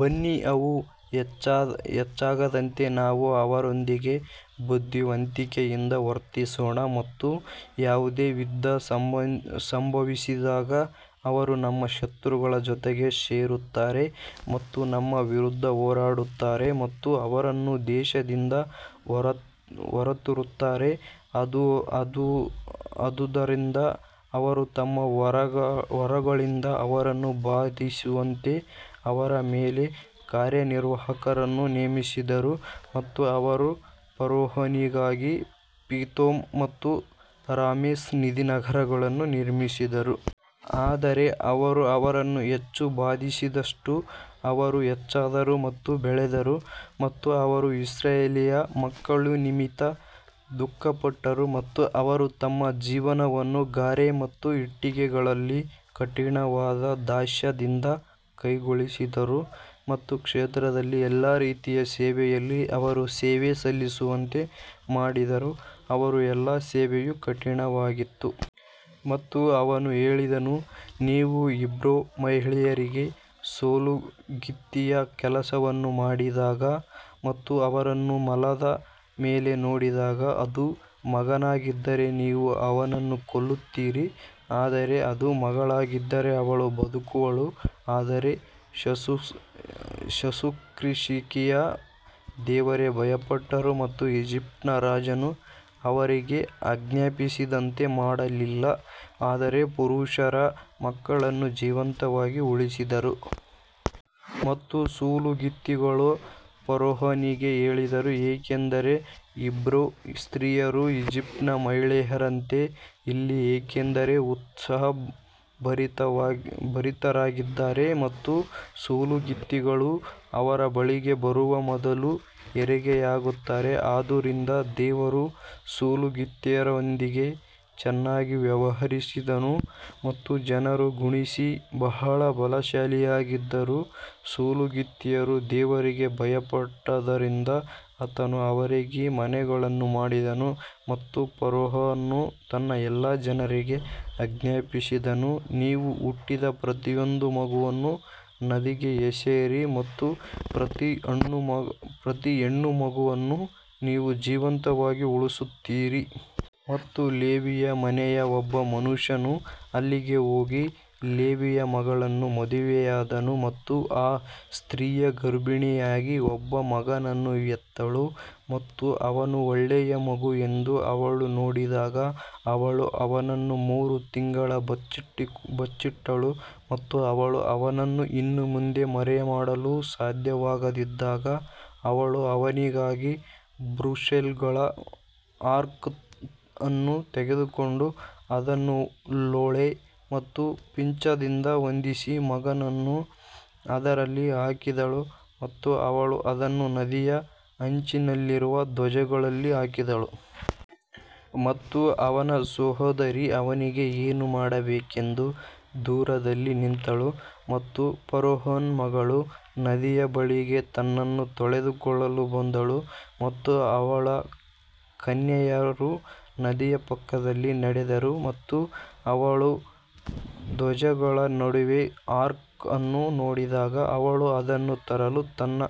ಬನ್ನಿ ಅವು ಹೆಚ್ಚಾಗದಂತೆ ನಾವು ಅವರೊಂದಿಗೆ ಬುದ್ಧಿವಂತಿಕೆಯಿಂದ ವರ್ತಿಸೋಣ ಮತ್ತು ಯಾವುದೇ ಯುದ್ಧ ಸಂಭವಿಸಿದಾಗ ಅವರು ನಮ್ಮ ಶತ್ರುಗಳ ಜೊತೆಗೆ ಸೇರುತ್ತಾರೆ ಮತ್ತು ನಮ್ಮ ವಿರುದ್ಧ ಹೋರಾಡುತ್ತಾರೆ ಮತ್ತು ಅವರನ್ನು ದೇಶದಿಂದ ಹೊರತರುತ್ತಾರೆ. ಆದುದರಿಂದ ಅವರು ತಮ್ಮ ಹೊರೆಗಳಿಂದ ಅವರನ್ನು ಬಾಧಿಸುವಂತೆ ಅವರ ಮೇಲೆ ಕಾರ್ಯನಿರ್ವಾಹಕರನ್ನು ನೇಮಿಸಿದರು ಮತ್ತು ಅವರು ಫರೋಹನಿಗಾಗಿ ಪಿಥೋಮ್ ಮತ್ತು ರಾಮ್ಸೆಸ್ ನಿಧಿ ನಗರಗಳನ್ನು ನಿರ್ಮಿಸಿದರು. ಆದರೆ ಅವರು ಅವರನ್ನು ಹೆಚ್ಚು ಬಾಧಿಸಿದಷ್ಟೂ ಅವರು ಹೆಚ್ಚಾದರು ಮತ್ತು ಬೆಳೆದರು ಮತ್ತು ಅವರು ಇಸ್ರಾಯೇಲ್ ಮಕ್ಕಳ ನಿಮಿತ್ತ ದುಃಖಪಟ್ಟರು. ಮತ್ತು ಅವರು ತಮ್ಮ ಜೀವನವನ್ನು ಗಾರೆ ಮತ್ತು ಇಟ್ಟಿಗೆಗಳಲ್ಲಿ ಕಠಿಣವಾದ ದಾಸ್ಯದಿಂದ ಕಹಿಗೊಳಿಸಿದರು ಮತ್ತು ಕ್ಷೇತ್ರದಲ್ಲಿ ಎಲ್ಲಾ ರೀತಿಯ ಸೇವೆಯಲ್ಲಿ ಅವರು ಸೇವೆ ಸಲ್ಲಿಸುವಂತೆ ಮಾಡಿದ ಅವರ ಎಲ್ಲಾ ಸೇವೆಯು ಕಠಿಣವಾಗಿತ್ತು. ಮತ್ತು ಅವನು ಹೇಳಿದನು, ನೀವು ಹೀಬ್ರೂ ಮಹಿಳೆಯರಿಗೆ ಸೂಲಗಿತ್ತಿಯ ಕೆಲಸವನ್ನು ಮಾಡಿದಾಗ ಮತ್ತು ಅವರನ್ನು ಮಲದ ಮೇಲೆ ನೋಡಿದಾಗ ಅದು ಮಗನಾಗಿದ್ದರೆ ನೀವು ಅವನನ್ನು ಕೊಲ್ಲುತ್ತೀರಿ ಆದರೆ ಅದು ಮಗಳಾಗಿದ್ದರೆ ಅವಳು ಬದುಕುವಳು. ಆದರೆ ಶುಶ್ರೂಷಕಿಯರು ದೇವರಿಗೆ ಭಯಪಟ್ಟರು ಮತ್ತು ಈಜಿಪ್ಟಿನ ರಾಜನು ಅವರಿಗೆ ಆಜ್ಞಾಪಿಸಿದಂತೆ ಮಾಡಲಿಲ್ಲ ಆದರೆ ಪುರುಷರ ಮಕ್ಕಳನ್ನು ಜೀವಂತವಾಗಿ ಉಳಿಸಿದರು. ಮತ್ತು ಸೂಲಗಿತ್ತಿಗಳು ಫರೋಹನಿಗೆ ಹೇಳಿದರು ಏಕೆಂದರೆ ಹೀಬ್ರೂ ಸ್ತ್ರೀಯರು ಈಜಿಪ್ಟಿನ ಮಹಿಳೆಯರಂತೆ ಇಲ್ಲ ಏಕೆಂದರೆ ಅವರು ಉತ್ಸಾಹಭರಿತರಾಗಿದ್ದಾರೆ ಮತ್ತು ಸೂಲಗಿತ್ತಿಗಳು ಅವರ ಬಳಿಗೆ ಬರುವ ಮೊದಲು ಹೆರಿಗೆಯಾಗುತ್ತಾರೆ. ಆದುದರಿಂದ ದೇವರು ಸೂಲಗಿತ್ತಿಯರೊಂದಿಗೆ ಚೆನ್ನಾಗಿ ವ್ಯವಹರಿಸಿದನು ಮತ್ತು ಜನರು ಗುಣಿಸಿ ಬಹಳ ಬಲಶಾಲಿಯಾದರು ಸೂಲಗಿತ್ತಿಯರು ದೇವರಿಗೆ ಭಯಪಟ್ಟದ್ದರಿಂದ ಆತನು ಅವರಿಗೆ ಮನೆಗಳನ್ನು ಮಾಡಿದನು ಮತ್ತು ಫರೋಹನು ತನ್ನ ಎಲ್ಲಾ ಜನರಿಗೆ ಆಜ್ಞಾಪಿಸಿದನು, ನೀವು ಹುಟ್ಟಿದ ಪ್ರತಿಯೊಂದು ಮಗನನ್ನು ನದಿಗೆ ಎಸೆಯಿರಿ ಮತ್ತು ಪ್ರತಿ ಹೆಣ್ಣು ಮಗುವನ್ನು ನೀವು ಜೀವಂತವಾಗಿ ಉಳಿಸುತ್ತೀರಿ. ಮತ್ತು ಲೇವಿಯ ಮನೆಯ ಒಬ್ಬ ಮನುಷ್ಯನು ಅಲ್ಲಿಗೆ ಹೋಗಿ ಲೇವಿಯ ಮಗಳನ್ನು ಮದುವೆಯಾದನು ಮತ್ತು ಆ ಸ್ತ್ರೀಯು ಗರ್ಭಿಣಿಯಾಗಿ ಒಬ್ಬ ಮಗನನ್ನು ಹೆತ್ತಳು ಮತ್ತು ಅವನು ಒಳ್ಳೆಯ ಮಗು ಎಂದು ಅವಳು ನೋಡಿದಾಗ ಅವಳು ಅವನನ್ನು ಮೂರು ತಿಂಗಳು ಬಚ್ಚಿಟ್ಟಳು. ಮತ್ತು ಅವಳು ಅವನನ್ನು ಇನ್ನು ಮುಂದೆ ಮರೆಮಾಡಲು ಸಾಧ್ಯವಾಗದಿದ್ದಾಗ ಅವಳು ಅವನಿಗಾಗಿ ಬುಲ್ರಶ್ಗಳ ಆರ್ಕ್ ಅನ್ನು ತೆಗೆದುಕೊಂಡು ಅದನ್ನು ಲೋಳೆ ಮತ್ತು ಪಿಚ್ನಿಂದ ಹೊದಿಸಿ ಮಗುವನ್ನು ಅದರಲ್ಲಿ ಹಾಕಿದಳು ಮತ್ತು ಅವಳು ಅದನ್ನು ನದಿಯ ಅಂಚಿನಲ್ಲಿರುವ ಧ್ವಜಗಳಲ್ಲಿ ಹಾಕಿದಳು. ಮತ್ತು ಅವನ ಸಹೋದರಿ ಅವನಿಗೆ ಏನು ಮಾಡಬೇಕೆಂದು ದೂರದಲ್ಲಿ ನಿಂತಳು ಮತ್ತು ಫರೋಹನ ಮಗಳು ನದಿಯ ಬಳಿಗೆ ತನ್ನನ್ನು ತೊಳೆದುಕೊಳ್ಳಲು ಬಂದಳು ಮತ್ತು ಅವಳ ಕನ್ಯೆಯರು ನದಿಯ ಪಕ್ಕದಲ್ಲಿ ನಡೆದರು ಮತ್ತು ಅವಳು ಧ್ವಜಗಳ ನಡುವೆ ಆರ್ಕ್ ಅನ್ನು ನೋಡಿದಾಗ ಅವಳು ಅದನ್ನು ತರಲು ತನ್ನ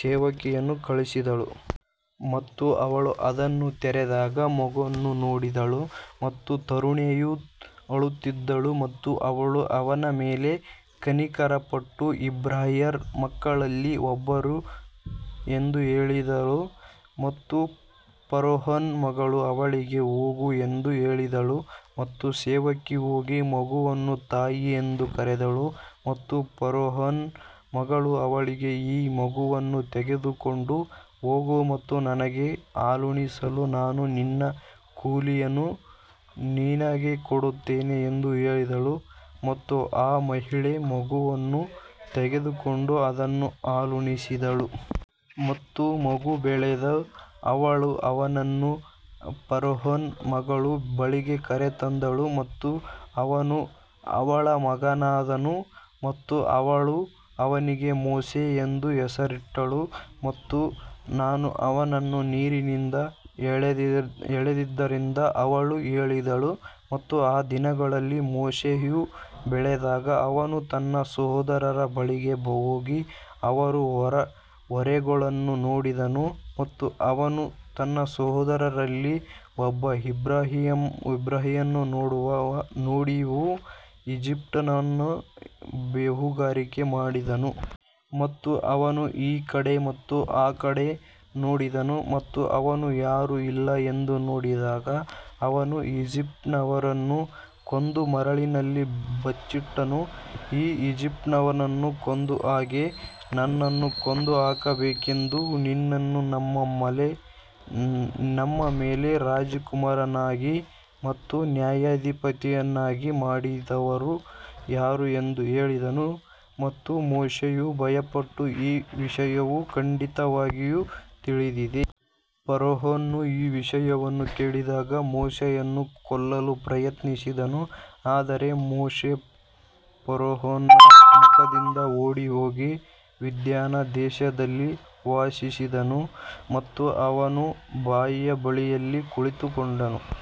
ಸೇವಕಿಯನ್ನು ಕಳುಹಿಸಿದಳು. ಮತ್ತು ಅವಳು ಅದನ್ನು ತೆರೆದಾಗ ಮಗುವನ್ನು ನೋಡಿದಳು ಮತ್ತು ತರುಣಿಯು ಅಳುತ್ತಿದ್ದಳು ಮತ್ತು ಅವಳು ಅವನ ಮೇಲೆ ಕನಿಕರಪಟ್ಟು ಇಬ್ರಿಯರ ಮಕ್ಕಳಲ್ಲಿ ಒಬ್ಬಳು ಎಂದು ಹೇಳಿದಳು. ಮತ್ತು ಫರೋಹನ ಮಗಳು ಅವಳಿಗೆ ಹೋಗು ಎಂದು ಹೇಳಿದಳು ಮತ್ತು ಸೇವಕಿ ಹೋಗಿ ಮಗುವನ್ನು ತಾಯಿ ಎಂದು ಕರೆದಳು ಮತ್ತು ಫರೋಹನ ಮಗಳು ಅವಳಿಗೆ ಈ ಮಗುವನ್ನು ತೆಗೆದುಕೊಂಡು ಹೋಗು ಮತ್ತು ನನಗೆ ಹಾಲುಣಿಸಲು ನಾನು ನಿನ್ನ ಕೂಲಿಯನ್ನು ನಿನಗೆ ಕೊಡುತ್ತೇನೆ ಎಂದು ಹೇಳಿದಳು ಮತ್ತು ಆ ಮಹಿಳೆ ಮಗುವನ್ನು ತೆಗೆದುಕೊಂಡು ಅದನ್ನು ಹಾಲುಣಿಸಿದಳು. ಮತ್ತು ಮಗು ಬೆಳೆದು ಅವಳು ಅವನನ್ನು ಫರೋಹನ ಮಗಳ ಬಳಿಗೆ ಕರೆತಂದಳು ಮತ್ತು ಅವನು ಅವಳ ಮಗನಾದನು ಮತ್ತು ಅವಳು ಅವನಿಗೆ ಮೋಶೆ ಎಂದು ಹೆಸರಿಟ್ಟಳು ಮತ್ತು ನಾನು ಅವನನ್ನು ನೀರಿನಿಂದ ಎಳೆದಿದ್ದರಿಂದ ಅವಳು ಹೇಳಿದಳು. ಮತ್ತು ಆ ದಿನಗಳಲ್ಲಿ ಮೋಶೆಯು ಬೆಳೆದಾಗ ಅವನು ತನ್ನ ಸಹೋದರರ ಬಳಿಗೆ ಹೋಗಿ ಅವರ ಹೊರೆಗಳನ್ನು ನೋಡಿದನು ಮತ್ತು ಅವನು ತನ್ನ ಸಹೋದರರಲ್ಲಿ ಒಬ್ಬ ಇಬ್ರಿಯನನ್ನು ಹೊಡೆಯುವ ಈಜಿಪ್ಟಿನವನನ್ನು ಬೇಹುಗಾರಿಕೆ ಮಾಡಿದನು. ಮತ್ತು ಅವನು ಈ ಕಡೆ ಮತ್ತು ಆ ಕಡೆ ನೋಡಿದನು ಮತ್ತು ಅವನು ಯಾರೂ ಇಲ್ಲ ಎಂದು ನೋಡಿದಾಗ ಅವನು ಈಜಿಪ್ಟಿನವರನ್ನು ಕೊಂದು ಮರಳಿನಲ್ಲಿ ಬಚ್ಚಿಟ್ಟನು. ನೀನು ಈಜಿಪ್ಟಿನವನನ್ನು ಕೊಂದ ಹಾಗೆ ನನ್ನನ್ನೂ ಕೊಂದುಹಾಕಬೇಕೆಂದು ನಿನ್ನನ್ನು ನಮ್ಮ ಮೇಲೆ ರಾಜಕುಮಾರನನ್ನಾಗಿ ಮತ್ತು ನ್ಯಾಯಾಧಿಪತಿಯನ್ನಾಗಿ ಮಾಡಿದವರು ಯಾರು ಎಂದು ಹೇಳಿದನು ಮತ್ತು ಮೋಶೆಯು ಭಯಪಟ್ಟು ಈ ವಿಷಯವು ಖಂಡಿತವಾಗಿಯೂ ತಿಳಿದಿದೆ. ಫರೋಹನು ಈ ವಿಷಯವನ್ನು ಕೇಳಿದಾಗ ಮೋಶೆಯನ್ನು ಕೊಲ್ಲಲು ಪ್ರಯತ್ನಿಸಿದನು ಆದರೆ ಮೋಶೆ ಫರೋಹನ ಮುಖದಿಂದ ಓಡಿಹೋಗಿ ಮಿದ್ಯಾನ್ ದೇಶದಲ್ಲಿ ವಾಸಿಸಿದನು ಮತ್ತು ಅವನು ಬಾವಿಯ ಬಳಿಯಲ್ಲಿ ಕುಳಿತುಕೊಂಡನು.